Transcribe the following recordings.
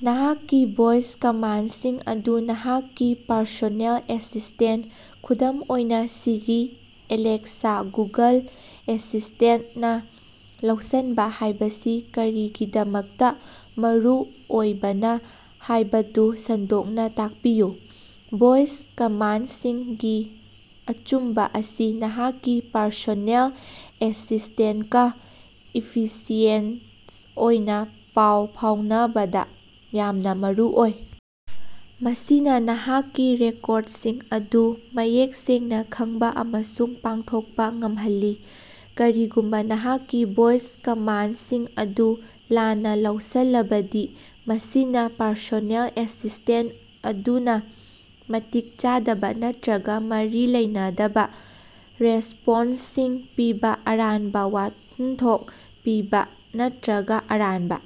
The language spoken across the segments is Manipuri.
ꯅꯍꯥꯛꯀꯤ ꯚꯣꯏꯁ ꯀꯃꯥꯟꯗꯁꯤꯡ ꯑꯗꯨ ꯅꯍꯥꯛꯀꯤ ꯄꯔꯁꯣꯅꯦꯜ ꯑꯦꯁꯤꯁ꯭ꯇꯦꯟꯇ (ꯈꯨꯗꯝ ꯑꯣꯏꯅꯥ ꯁꯤꯔꯤ, ꯑꯦꯂꯦꯛꯁꯥ, ꯒꯨꯒꯜ ꯑꯦꯁꯤꯁ꯭ꯇꯦꯟꯇ)ꯅ ꯂꯧꯁꯤꯟꯕ ꯍꯥꯏꯕꯁꯤ ꯀꯔꯤꯒꯤꯗꯃꯛꯇ ꯃꯔꯨꯑꯣꯏꯕꯅ ꯍꯥꯏꯕꯗꯨ ꯁꯟꯗꯣꯛꯅ ꯇꯥꯛꯄꯤꯌꯨ꯫ ꯚꯣꯏꯁ ꯀꯃꯥꯟꯗꯁꯤꯡꯒꯤ ꯑꯆꯨꯝꯕ ꯑꯁꯤ ꯅꯍꯥꯛꯀꯤ ꯄꯔꯁꯣꯅꯦꯜ ꯑꯦꯁꯤꯁ꯭ꯇꯦꯟꯇꯀ ꯏꯐꯤꯁꯤꯑꯦꯟꯇ ꯑꯣꯏꯅ ꯄꯥꯎ ꯐꯥꯎꯅꯕꯗ ꯌꯥꯝꯅ ꯃꯔꯨꯑꯣꯏ꯫ ꯃꯁꯤꯅ ꯅꯍꯥꯛꯀꯤ ꯔꯤꯀꯣꯔꯗꯁꯤꯡ ꯑꯗꯨ ꯃꯌꯦꯛ ꯁꯦꯡꯅ ꯈꯪꯕ ꯑꯃꯁꯨꯡ ꯄꯥꯡꯊꯣꯛꯄ ꯉꯝꯍꯜꯂꯤ꯫ ꯀꯔꯤꯒꯨꯝꯕ ꯅꯍꯥꯛꯀꯤ ꯚꯣꯏꯁ ꯀꯃꯥꯟꯗꯁꯤꯡ ꯑꯗꯨ ꯂꯥꯟꯅ ꯂꯧꯁꯤꯜꯂꯕꯗꯤ ꯃꯁꯤꯅ ꯄꯔꯁꯣꯅꯦꯜ ꯑꯦꯁꯤꯁ꯭ꯇꯦꯟꯇ ꯑꯗꯨꯅ ꯃꯇꯤꯛ ꯆꯥꯗꯕ ꯅꯠꯇ꯭ꯔꯒ ꯃꯔꯤ ꯂꯩꯅꯗꯕ ꯔꯦꯁ꯭ꯄꯣꯟꯁꯁꯤꯡ ꯄꯤꯕ ꯑꯔꯥꯟꯕ ꯋꯥꯍꯟꯊꯣꯛ ꯄꯤꯕ ꯅꯠꯇ꯭ꯔꯒ ꯑꯔꯥꯟꯕ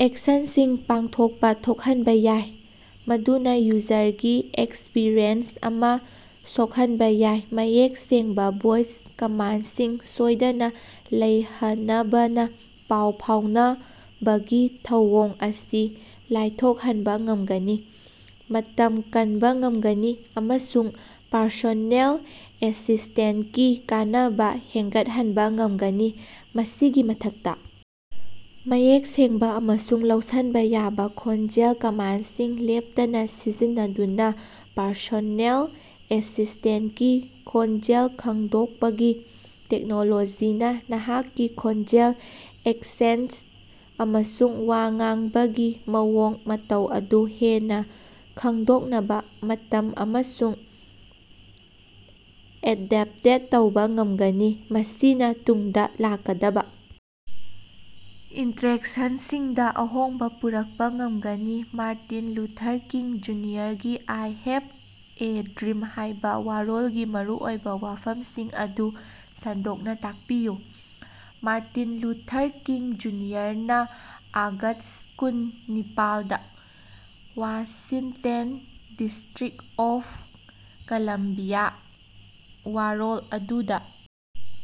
ꯑꯦꯛꯁꯟꯁꯤꯡ ꯄꯥꯡꯊꯣꯛꯄ ꯊꯣꯛꯍꯟꯕ ꯌꯥꯏ꯫ ꯃꯗꯨꯅ ꯌꯨꯖꯔꯒꯤ ꯑꯦꯛꯁꯄꯤꯔꯤꯑꯦꯟꯁ ꯑꯃ ꯁꯣꯛꯍꯟꯕ ꯌꯥꯏ꯫ ꯃꯌꯦꯛ ꯁꯦꯡꯕ ꯚꯣꯏꯁ ꯀꯃꯥꯟꯗꯁꯤꯡ ꯁꯣꯏꯗꯅ ꯂꯩꯍꯅꯕꯅ ꯄꯥꯎ ꯐꯥꯎꯅꯕꯒꯤ ꯊꯧꯑꯣꯡ ꯑꯁꯤ ꯂꯥꯏꯊꯣꯛꯍꯟꯕ ꯉꯝꯒꯅꯤ꯫ ꯃꯇꯝ ꯀꯟꯕ ꯉꯝꯒꯅꯤ꯫ ꯑꯃꯁꯨꯡ ꯄꯔꯁꯣꯅꯦꯜ ꯑꯦꯁꯤꯁ꯭ꯇꯦꯟꯇꯀꯤ ꯀꯥꯟꯅꯕ ꯍꯦꯟꯒꯠꯍꯟꯕ ꯉꯝꯒꯅꯤ꯫ ꯃꯁꯤꯒꯤ ꯃꯊꯛꯇ ꯃꯌꯦꯛ ꯁꯦꯡꯕ ꯑꯃꯁꯨꯡ ꯂꯧꯁꯤꯟꯕ ꯌꯥꯕ ꯈꯣꯟꯖꯦꯜ ꯀꯃꯥꯟꯗꯁꯤꯡ ꯂꯦꯞꯇꯅ ꯁꯤꯖꯤꯟꯅꯗꯨꯅ ꯄꯔꯁꯣꯅꯦꯜ ꯑꯦꯁꯤꯁ꯭ꯇꯦꯟꯇꯀꯤ ꯈꯣꯟꯖꯦꯜ ꯈꯪꯗꯣꯛꯄꯒꯤ ꯇꯦꯛꯅꯣꯂꯣꯖꯤꯅ ꯅꯍꯥꯛꯀꯤ ꯈꯣꯟꯖꯦꯜ, ꯑꯦꯛꯁꯦꯟꯇ ꯑꯃꯁꯨꯡ ꯋꯥ ꯉꯥꯡꯕꯒꯤ ꯃꯑꯣꯡ ꯃꯇꯧ ꯑꯗꯨ ꯍꯦꯟꯅ ꯈꯡꯗꯣꯛꯅꯕ ꯇꯝꯕ ꯑꯃꯁꯨꯡ ꯑꯦꯗꯞꯇꯦꯠ ꯇꯧꯕ ꯉꯝꯒꯅꯤ꯫ ꯃꯁꯤꯅ ꯇꯨꯡꯗ ꯂꯥꯛꯀꯗꯕ ꯏꯟꯇ꯭ꯔꯦꯛꯁꯟꯁꯤꯡꯗ ꯑꯍꯣꯡꯕ ꯄꯨꯔꯛꯄ ꯉꯝꯒꯅꯤ꯫ ꯃꯥꯔꯇꯤꯟ ꯂꯨꯊꯔ ꯀꯤꯡ, ꯖꯨꯅꯤꯌꯔꯒꯤ "ꯑꯥꯏ ꯍꯦꯚ ꯑꯦ ꯗ꯭ꯔꯤꯝ" ꯍꯥꯏꯕ ꯋꯥꯔꯣꯜꯒꯤ ꯃꯔꯨꯑꯣꯏꯕ ꯋꯥꯐꯝꯁꯤꯡ ꯑꯗꯨ ꯁꯟꯗꯣꯛꯅ ꯇꯥꯛꯄꯤꯌꯨ꯫ ꯃꯥꯔꯇꯤꯟ ꯂꯨꯊꯔ ꯀꯤꯡ ꯖꯨꯅꯤꯌꯔꯅ ꯑꯥꯒꯁ꯭ꯠ ꯀꯨꯟ ꯅꯤꯄꯥꯜ ꯗꯥ ꯋꯥꯁꯤꯡꯇꯟ ꯗꯤꯁꯇꯔ꯭ꯤꯛ ꯑꯣꯐ ꯀꯂꯝꯕꯤꯌꯥ ꯋꯥꯔꯣꯜ ꯑꯗꯨꯗ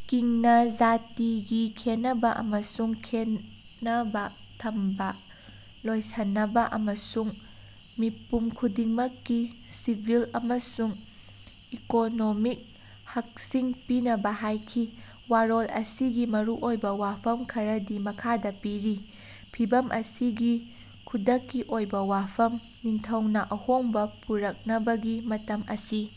ꯀꯤꯡꯅ ꯖꯥꯇꯤꯒꯤ ꯈꯦꯟꯅꯕ ꯑꯃꯁꯨꯡ ꯈꯦꯟꯅꯕ ꯊꯝꯕ ꯂꯣꯏꯁꯤꯟꯅꯕ, ꯑꯃꯁꯨꯡ ꯃꯤꯄꯨꯝ ꯈꯨꯗꯤꯡꯃꯛꯀꯤ ꯁꯤꯚꯤꯜ ꯑꯃꯁꯨꯡ ꯏꯀꯣꯅꯣꯃꯤꯛ ꯍꯛꯁꯤꯡ ꯄꯤꯅꯕ ꯍꯥꯏꯈꯤ꯫ ꯋꯥꯔꯣꯜ ꯑꯁꯤꯒꯤ ꯃꯔꯨꯑꯣꯏꯕ ꯋꯥꯐꯝ ꯈꯔꯗꯤ ꯃꯈꯥꯗ ꯄꯤꯔꯤ: ꯐꯤꯚꯝ ꯑꯁꯤꯒꯤ ꯈꯨꯗꯛꯀꯤ ꯑꯣꯏꯕ ꯋꯥꯐꯝ: ꯅꯤꯡꯊꯧꯅ ꯑꯍꯣꯡꯕ ꯄꯨꯔꯛꯅꯕꯒꯤ ꯃꯇꯝ ꯑꯁꯤ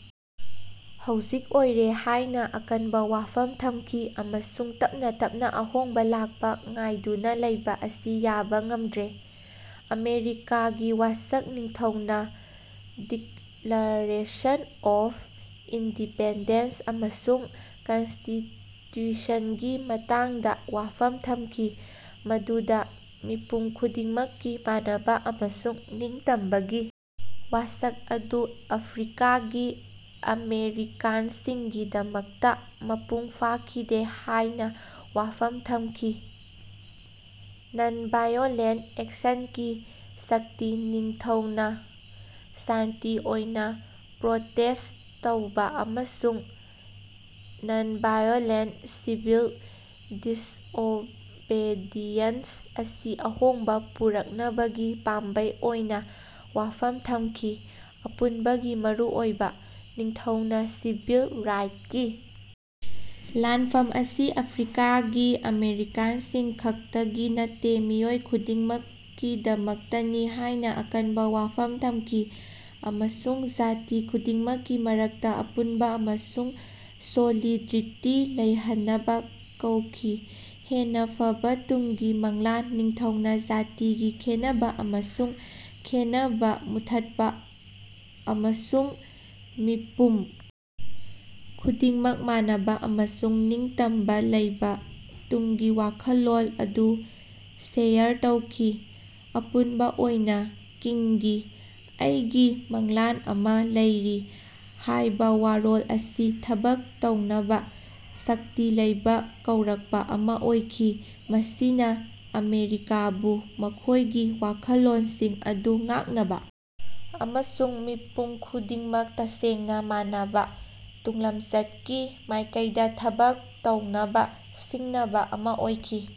ꯍꯧꯖꯤꯛ ꯑꯣꯏꯔꯦ ꯍꯥꯏꯅ ꯑꯀꯟꯕ ꯋꯥꯐꯝ ꯊꯝꯈꯤ꯫ ꯑꯃꯁꯨꯡ ꯇꯞꯅ ꯇꯞꯅ ꯑꯍꯣꯡꯕ ꯂꯥꯛꯄ ꯉꯥꯏꯗꯨꯅ ꯂꯩꯕ ꯑꯁꯤ ꯌꯥꯕ ꯉꯝꯗ꯭ꯔꯦ꯫ ꯑꯃꯦꯔꯤꯀꯥꯒꯤ ꯋꯥꯁꯛ: ꯅꯤꯡꯊꯧꯅ ꯗꯤꯛꯂꯥꯔꯦꯁꯟ ꯑꯣꯐ ꯏꯟꯗꯤꯄꯦꯟꯗꯦꯟꯁ ꯑꯃꯁꯨꯡ ꯀꯟꯁꯇꯤꯇ꯭ꯌꯨꯁꯟꯒꯤ ꯃꯇꯥꯡꯗ ꯋꯥꯐꯝ ꯊꯝꯈꯤ꯫ ꯃꯗꯨꯗ ꯃꯤꯄꯨꯝ ꯈꯨꯗꯤꯡꯃꯛꯀꯤ ꯃꯥꯟꯅꯕ ꯑꯃꯁꯨꯡ ꯅꯤꯡꯇꯝꯕꯒꯤ ꯋꯥꯁꯛ ꯑꯗꯨ ꯑꯐ꯭ꯔꯤꯀꯥꯒꯤ ꯑꯃꯦꯔꯤꯀꯥꯟꯁꯤꯡꯒꯤꯗꯃꯛꯇ ꯃꯄꯨꯡ ꯐꯥꯈꯤꯗꯦ ꯍꯥꯏꯅ ꯋꯥꯐꯝ ꯊꯝꯈꯤ꯫ ꯅꯟ-ꯚꯥꯏꯑꯣꯂꯦꯟꯇ ꯑꯦꯛꯁꯟꯒꯤ ꯁꯛꯇꯤ: ꯅꯤꯡꯊꯧꯅ ꯁꯥꯟꯇꯤ ꯑꯣꯏꯅ ꯄ꯭ꯔꯣꯇꯦꯁ꯭ꯠ ꯇꯧꯕ ꯑꯃꯁꯨꯡ ꯅꯟ-ꯚꯥꯏꯑꯣꯂꯦꯟꯇ ꯁꯤꯚꯤꯜ ꯗꯤꯁꯑꯣꯕꯦꯗꯤꯌꯦꯟꯁ ꯑꯁꯤ ꯑꯍꯣꯡꯕ ꯄꯨꯔꯛꯅꯕꯒꯤ ꯄꯥꯝꯕꯩ ꯑꯣꯏꯅ ꯋꯥꯐꯝ ꯊꯝꯈꯤ꯫ ꯑꯄꯨꯟꯕꯒꯤ ꯃꯔꯨꯑꯣꯏꯕ: ꯅꯤꯡꯊꯧꯅ ꯁꯤꯚꯤꯜ ꯔꯥꯏꯠꯁꯀꯤ ꯂꯥꯟꯐꯝ ꯑꯁꯤ ꯑꯐ꯭ꯔꯤꯀꯥꯒꯤ ꯑꯃꯦꯔꯤꯀꯥꯟꯁꯤꯡ ꯈꯛꯇꯒꯤ ꯅꯠꯇꯦ꯫ ꯃꯤꯑꯣꯏ ꯈꯨꯗꯤꯡꯃꯛꯀꯤꯗꯃꯛꯇꯅꯤ ꯍꯥꯏꯅ ꯑꯀꯟꯕ ꯋꯥꯐꯝ ꯊꯝꯈꯤ꯫ ꯑꯃꯁꯨꯡ ꯖꯥꯇꯤ ꯈꯨꯗꯤꯡꯃꯛꯀꯤ ꯃꯔꯛꯇ ꯑꯄꯨꯟꯕ ꯑꯃꯁꯨꯡ ꯁꯣꯂꯤꯗ꯭ꯔꯤꯇꯤ ꯂꯩꯍꯟꯅꯕ ꯀꯧꯈꯤ꯫ ꯍꯦꯟꯅ ꯐꯕ ꯇꯨꯡꯒꯤ ꯃꯪꯂꯥꯟ: ꯅꯤꯡꯊꯧꯅ ꯖꯥꯇꯤꯒꯤ ꯈꯦꯟꯅꯕ ꯑꯃꯁꯨꯡ ꯈꯦꯟꯅꯕ ꯃꯨꯠꯊꯠꯄ ꯑꯃꯁꯨꯡ ꯃꯤꯄꯨꯝ ꯈꯨꯗꯤꯡꯃꯛ ꯃꯥꯟꯅꯕ ꯑꯃꯁꯨꯡ ꯅꯤꯡꯇꯝꯕ ꯂꯩꯕ ꯇꯨꯡꯒꯤ ꯋꯥꯈꯜꯂꯣꯟ ꯑꯗꯨ ꯁꯦꯌꯔ ꯇꯧꯈꯤ꯫ ꯑꯄꯨꯟꯕ ꯑꯣꯏꯅꯥ, ꯀꯤꯡꯒꯤ "ꯑꯩꯒꯤ ꯃꯪꯂꯥꯟ ꯑꯃꯥ ꯂꯩꯔꯤ" ꯍꯥꯏꯕ ꯋꯥꯔꯣꯜ ꯑꯁꯤ ꯊꯕꯛ ꯇꯧꯅꯕ ꯁꯛꯇꯤ ꯂꯩꯕꯥ ꯀꯧꯔꯛꯄ ꯑꯃꯥ ꯑꯣꯏꯈꯤ꯫ ꯃꯁꯤꯅ ꯑꯃꯦꯔꯤꯀꯥꯕꯨ ꯃꯈꯣꯏꯒꯤ ꯋꯥꯈꯜꯂꯣꯟꯁꯤꯡ ꯑꯗꯨ ꯉꯥꯛꯅꯕ ꯑꯃꯁꯨꯡ ꯃꯤꯄꯨꯝ ꯈꯨꯗꯤꯡꯃꯛ ꯇꯁꯦꯡꯅ ꯃꯥꯟꯅꯕ ꯇꯨꯡꯂꯝꯆꯠꯀꯤ ꯃꯥꯏꯀꯩꯗ ꯊꯕꯛ ꯇꯧꯅꯕ ꯁꯤꯡꯅꯕ ꯑꯃ ꯑꯣꯏꯈꯤ꯫